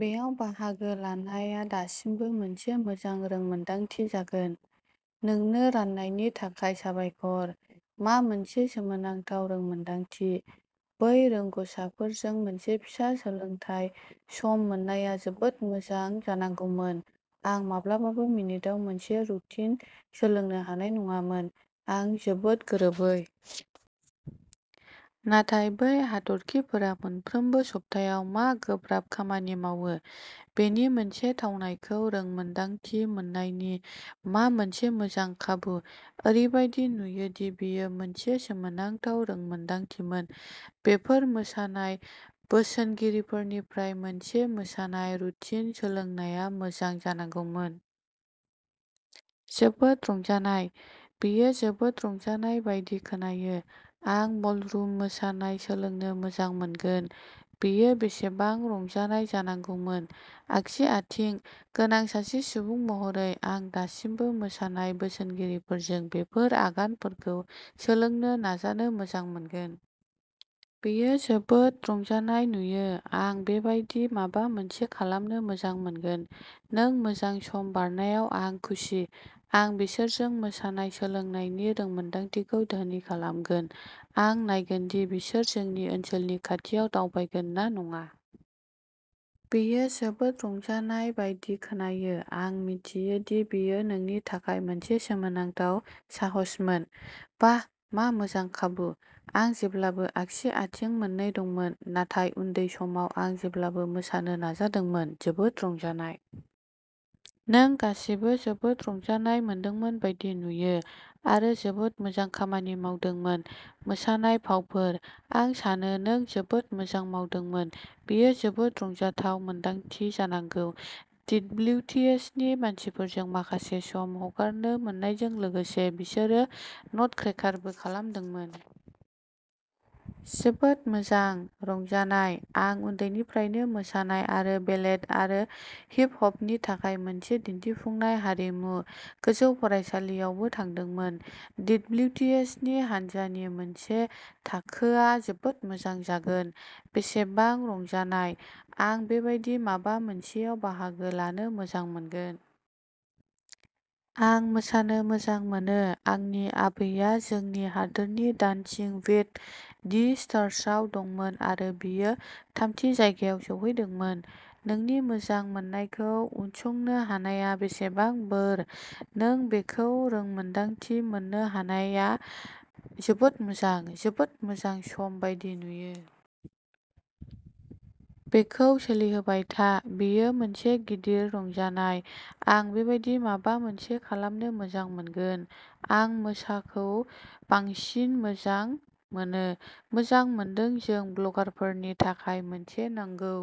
बेयाव बाहागो लानाया दासिमबो मोनसे मोजां रोंमोन्दांथि जागोन। नोंनो राननायनि थाखाय साबायखर। मा मोनसे सोमोनांथाव रोंमोन्दांथि! बै रोंग'साफोरजों मोनसे फिसा सोलोंथाय सम मोननाया जोबोद मोजां जानांगौमोन। आं माब्लाबाबो मिनिटाव मोनसे रुटिन सोलोंनो हानाय नङामोन, आं जोबोद गोरोबै! नाथाय बै हाथरखिफोरा मोनफ्रोम सप्तायाव मा गोब्राब खामानि मावो बेनि मोनसे थावनायखौ रोंमोन्दांथि मोन्नायनि मा मोनसे मोजां खाबु! ओरैबायदि नुयोदि बेयो मोनसे सोमोनांथाव रोंमोन्दांथिमोन। बेफोर मोसानाय बोसोनगिरिफोरनिफ्राय मोनसे मोसानाय रुटिन सोलोंनाया मोजां जानांगौमोन। जोबोद रंजानाय! बेयो जोबोद रंजानाय बायदि खोनायो! आं बलरुम मोसानाय सोलोंनो मोजां मोनगोन! बेयो बेसेबां रंजानाय जानांगौमोन। " आगसि आथिं" गोनां सासे सुबुं महरै, आं दासिमबो मोसानाय बोसोनगिरिफोरजों बेफोर आगानफोरखौ सोलोंनो नाजानो मोजां मोनगोन। बेयो जोबोद रंजानाय नुयो! आं बेबादि माबा मोनसे खालामनो मोजां मोनगोन। नों मोजां सम बारनायाव आं खुसि! आं बिसोरजों मोसानाय सोलोंनायनि रोंमोनदांथिखौ दोहोनि खालामगोन। आं नायगोन दि बिसोर जोंनि ओनसोलनि खाथियाव दावबायगोन ना नङा। बेयो जोबोद रंजानाय बायदि खोनायो। आं मिथियो दि बेयो नोंनि थाखाय मोनसे सोमोनांथाव साहसमोन। बाह, मा मोजां खाबु! आं जेब्लाबो आगसि आथिं मोननै दंमोन, नाथाय उन्दै समाव आं जेब्लाबो मोसानो नाजादोंमोन। जोबोद रंजानाय! नों गासैबो जोबोद रंजानाय मोनदोंमोन बायदि नुयो। आरो जोबोद मोजां खामानि मावदोंमोन। मोसानाय फावफोर। आं सानो नों जोबोद मोजां मावदोंमोन। बेयो जोबोद रंजाथाव मोन्दांथि जानांगौ। डिडब्लिउटिएसनि मानसिफोरजों माखासे सम हगारनो मोन्नायजों लोगोसे बिसोरो नटक्रैकारबो खालामदोंमोन। जोबोद मोजां। रंजानाय! आं उन्दैनिफ्रायनो मोसानाय आरो बेलेट आरो हिप हपनि थाखाय मोनसे दिन्थिफुंनाय आरिमु गोजौ फरायसालियावबो थांदोंमोन। डिडब्लिउटिएसनि हान्जानि मोनसे थाखोआ जोबोद मोजां जागोन! बेसेबां रंजानाय! आं बेबादि माबा मोनसेयाव बाहागो लानो मोजां मोनगोन। आं मोसानो मोजां मोनो। आंनि बिबैआ जोंनि हादोरनि डान्सिं विद दि स्टार्सआव दंमोन आरो बियो थामथि जायगायाव सौहैदोंमोन! नोंनि मोजां मोननायखौ उनसंनो हानायआ बेसेबां बोर! नों बेखौ रोंमोन्दांथि मोननो हानायआ जोबोद मोजां! जोबोद मोजां सम बायदि नुयो। बेखौ सोलिहोबाय था! बेयो मोनसे गिदिर रंजानाय! आं बेबादि माबा मोनसे खालामनो मोजां मोनगोन!! आं मोसाखौ बांसिन मोजां मोनो। मोजां मोनदों जों ब्लगारफोरनि थाखाय मोनसे नांगौ।